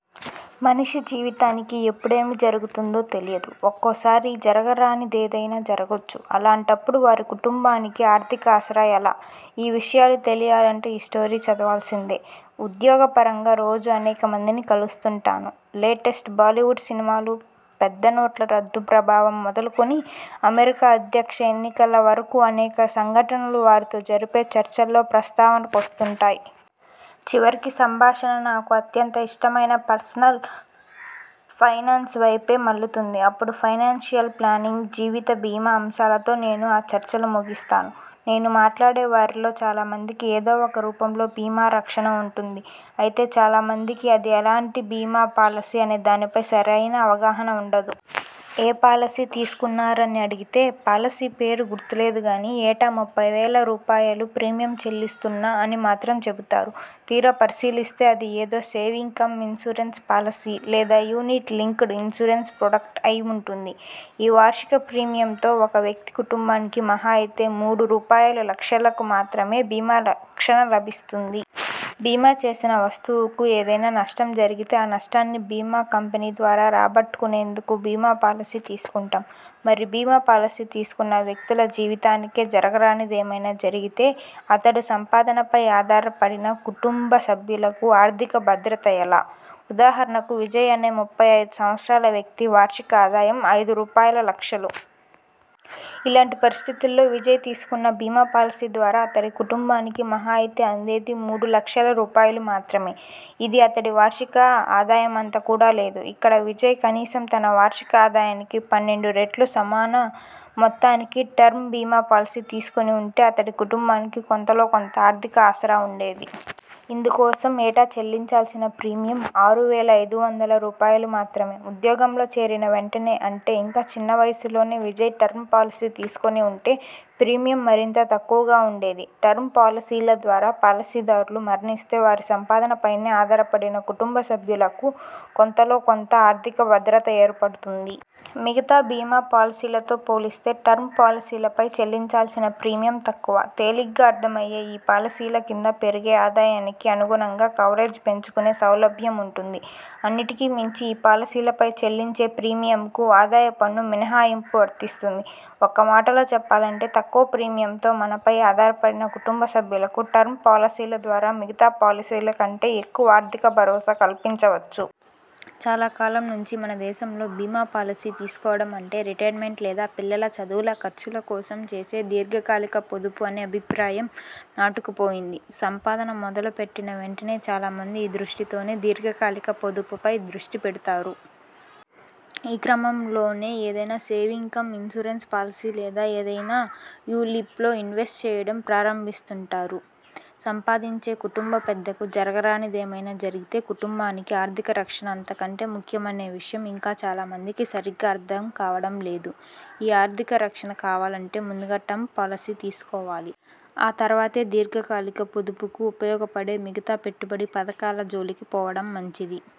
మనిషి జీవితానికి ఎప్పుడేమి జరుగుతుందో తెలియదు. ఒక్కోసారి జరగరానిదేదైనా జరగొచ్చు. అలాంటపుడు వారి కుటుంబానికి 'ఆర్థిక' ఆసరా ఎలా? ఈ విషయాలు తెలియాలంటే ఈ స్టోరీ చదవాల్సిందే. ఉద్యోగపరంగా రోజూ అనేక మందిని కలుస్తుంటాను. లేటెస్ట్ బాలీవుడ్ సినిమాలు, పెద్ద నోట్ల రద్దు ప్రభావం మొదలుకుని అమెరికా అధ్యక్ష ఎన్నికల వరకు అనేక సంఘటనలు వారితో జరిపే చర్చల్లో ప్రస్తావనకు వస్తుంటాయి. చివరికి సంభాషణ నాకు అత్యంత ఇష్టమైన పర్సనల్ ఫైనాన్స్వైపే మళ్లుతుంది. అపుడు ఫైనాన్షియల్ ప్లానింగ్, జీవిత బీమా అంశాలతో నేను ఆ చర్చలు ముగిస్తాను. నేను మాట్లాడే వారిలో చాలా మందికి ఏదో ఒక రూపంలో బీమా రక్షణ ఉంటుంది. అయితే చాలా మందికి అది ఎలాంటి బీమా పాలసీ అనే దానిపై సరైన అవగాహనే ఉండదు. ఏ పాలసీ తీసుకున్నారని అడిగితే 'పాలసీ పేరు గుర్తు లేదు గానీ ఏటా ముప్పై వేల రూపాయలుప్రీమియం చెల్లిస్తున్నా' అని మాత్రం చెబుతారు. తీరా పరిశీలిస్తే అది ఏదో సేవింగ్ కమ్ ఇన్సూరెన్స్ పాలసీ లేదా యూనిట్ లింక్డ్ ఇన్సూరెన్స్ ప్రొడక్ట్' అయి ఉంటుంది. ఈ వార్షిక ప్రీమియంతో ఒక వ్యక్తి కుటుంబానికి మహా అయితే మూడు రూపాయలులక్షలకు మాత్రమే బీమా రక్షణ లభిస్తుంది. బీమా చేసిన వస్తువుకు ఏదైనా నష్టం జరిగితే ఆ నష్టాన్ని బీమా కంపెనీ ద్వారా రాబట్టుకునేందుకు బీమా పాలసీ తీసుకుంటాం. మరి బీమా పాలసీ తీసుకున్న వ్యక్తుల జీవితానికే జరగరానిదేమైనా జరిగితే? అతడు ె సంపాదనపై ఆధారపడిన కుటుంబ సభ్యులకు 'ఆర్థిక' భద్రత ఎలా?. ఉదాహరణకు విజయ్ అనే ముప్పై ఐదు సంవత్సరాల వ్యక్తి వార్షిక ఆదాయం ఐదు రూపాయలులక్షలు. ఇలాంటి పరిస్థితుల్లో విజయ్ తీసుకున్న బీమా పాలసీ ద్వారా అతడి కుటుంబానికి మహా అయితే అందేది మూడు లక్షల రూపాయలు మాత్రమే. ఇది అతడి వార్షిక ఆదాయమంత కూడా లేదు. ఇక్కడ విజయ్ కనీసం తన వార్షిక ఆదాయానికి పన్నెండు రెట్లు సమాన మొత్తానికి టర్మ్ బీమా పాలసీ తీసుకుని ఉంటే అతడి కుటుంబానికి కొంతలో కొంత ఆర్థిక ఆసరా ఉండేది. ఇందుకోసం ఏటా చెల్లించాల్సిన ప్రీమియం ఆరు వేల ఐదు వందల రూపాయలుమాత్రమే. ఉద్యోగంలో చేరిన వెంటనే అంటే ఇంకా చిన్న వయసులోనే విజయ్ టర్మ్ పాలసీ తీసుకుని ఉంటే ప్రీమియం మరింత తక్కువగా ఉండేది. టర్మ్ పాలసీల ద్వారా పాలసీదారు మరణిస్తే వారి సంపాదనపైనే ఆధారపడిన కుటుంబ సభ్యులకు కొంతలో కొంత ఆర్థిక భద్రత ఏర్పడుతుంది. మిగతా బీమా పాలసీతో పోలిస్తే టర్మ్ పాలసీలపై చెల్లించాల్సిన ప్రీమియం తక్కువ. తేలికగా అర్థమయ్యే ఈ పాలసీల కింద పెరిగే ఆదాయానికి అనుగుణంగా కవరేజ్ పెంచుకునే సౌలభ్యమూ ఉంటుంది. అన్నిటికి మించి ఈ పాలసీలపై చెల్లించే ప్రీమియంకు ఆదాయ పన్ను మినహాయింపూ వర్తిస్తుంది. ఒక్క మాటలో చెప్పాలంటే తక్కువ ప్రీమియంతో మనపై ఆధారపడిన కుటుంబ సభ్యులకు టర్మ్ పాలసీల ద్వారా మిగతా పాలసీల కంటే ఎక్కువ 'ఆర్థిక' భరోసా కల్పించవచ్చు. చాలా కాలం నుంచి మన దేశంలో బీమా పాలసీ తీసుకోవడం అంటే రిటైర్మెంట్ లేదా పిల్లల చదువుల ఖర్చుల కోసం చేసే దీర్ఘకాలిక పొదుపు అనే అభిప్రాయం నాటుకుపోయింది. సంపాదన మొదలు పెట్టిన వెంటనే చాలా మంది ఈ దృష్టితోనే దీర్ఘకాలిక పొదుపుపై దృష్టి పెడతారు. ఆ క్రమంలోనే ఏదైనా సేవింగ్ కమ్ ఇన్సూరెన్స్ పాలసీ లేదా ఏదైనా యులి్పలో ఇన్వెస్ట్ చేయడం ప్రారంభిస్తుంటారు. సంపాదించే కుటుంబ పెద్దకు జరగరానిదేమైనా జరిగితే, కుటుంబానికి ఆర్థిక రక్షణ అంతకంటే ముఖ్యమనే విషయం ఇంకా చాలా మందికి సరిగా అర్థం కావడం లేదు. ఈ ఆర్థిక రక్షణ కావాలంటే ముందుగా టర్మ్ పాలసీ తీసుకోవాలి. ఆ తర్వాతే దీర్ఘకాలిక పొదుపుకు ఉపయోగపడే మిగతా పెట్టుబడి పథకాల జోలికి పోవడం మంచిది.